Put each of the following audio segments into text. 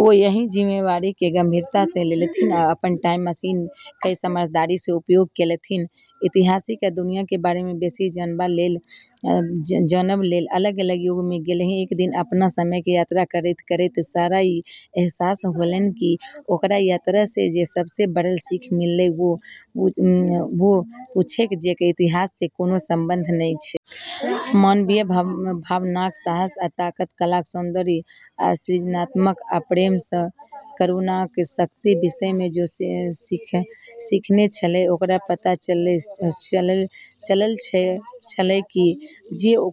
ओ एहि जिम्मेदारी कए गंभीरता स लेलथि आ अपन टाइम मशीन कए समझदारी स उपयोग केलथि, इतिहास आ दुनिया क बारे मे बेसी जानबा लेल अलग-अलग युग मे गेलीह। एक दिन अपनऽ समय के यात्रा करतें-करतें सारा क॑ ई अहसास होलै कि ओकरऽ यात्रा स॑ जे सबसें बड़ऽ सीख मिललै, वू वू छै जेकरऽ इतिहास स॑ कोनो संबंध नै छै। मानवीय भावनाक साहस आ ताकत, कलाक सौन्दर्य आ सृजनात्मकता, आ प्रेम आ करुणाक शक्तिक विषय मे ओ सीखने छलीह। ओकरा पता चलल छलैक जे ओ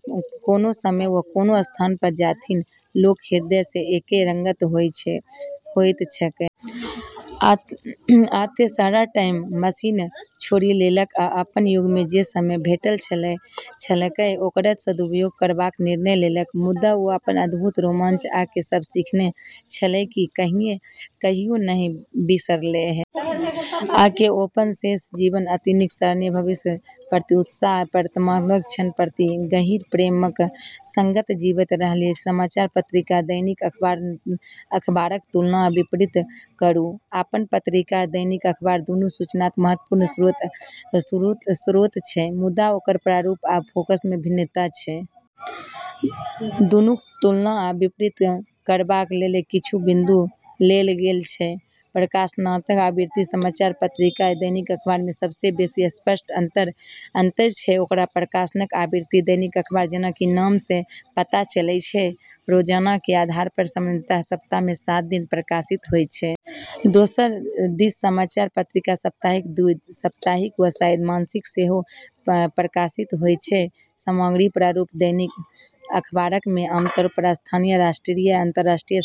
कोनो समय वा कोनो स्थान पर जाथि, लोक हृदय सँ एके रंगक होइत छैक। आ तें, सारा टाइम मशीन छोड़ि देलक आ अपन युग मे जे समय भेटल छलैक ओकर सदुपयोग करबाक निर्णय लेलक। मुदा ओ अपन अद्भुत रोमांच, आ जे सबक सीखने छलीह से कहियो नहि बिसरलीह। आ ओ अपन शेष जीवन अतीतक सराहना, भविष्यक प्रति उत्साह, आ वर्तमान क्षणक प्रति गहींर प्रेमक संग जीबैत रहलीह। समाचार पत्रिका आ दैनिक अखबारक तुलना आ विपरीत करू। समाचार पत्रिका आ दैनिक अखबार दुनू सूचनाक महत्वपूर्ण स्रोत अछि मुदा ओकर प्रारूप आ फोकस मे भिन्नता अछि। दुनूक तुलना आ विपरीत करबाक लेल किछु बिन्दु देल गेल अछि: प्रकाशनक आवृत्ति: समाचार पत्रिका आ दैनिक अखबार मे सबसँ बेसी स्पष्ट अंतर अछि ओकर प्रकाशनक आवृत्ति। दैनिक अखबार, जेना कि नाम सं पता चलै छै, रोजाना के आधार पर, सामान्यतः सप्ताह में सात दिन प्रकाशित होय छै. दोसर दिस समाचार पत्रिका साप्ताहिक, द्विसाप्ताहिक, वा शायद मासिक सेहो प्रकाशित होइत अछि। सामग्री प्रारूप: दैनिक अखबारक मे आमतौर पर स्थानीय, राष्ट्रीय आ अंतर्राष्ट्रीय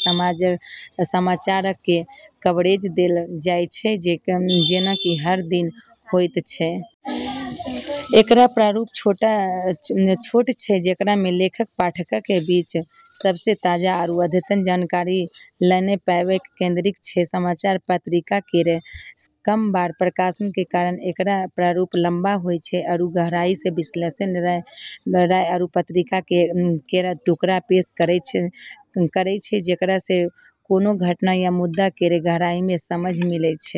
समाचारक कें कवरेज देल जायत छै जेना कि हर दिन होयत छै. एकरऽ प्रारूप छोटऽ छै, जेकरा म॑ लेख पाठकऽ के बीच सबसें ताजा आरू अद्यतन जानकारी लानै प॑ केंद्रित छै। समाचार पत्रिका केरऽ कम बार प्रकाशन के कारण एकरऽ प्रारूप लम्बा होय छै आरू गहराई स॑ विश्लेषण, राय, आरू पत्रकारिता केरऽ टुकड़ा पेश करै छै जेकरा स॑ कोनो घटना या मुद्दा केरऽ गहराई स॑ समझ मिलै छै।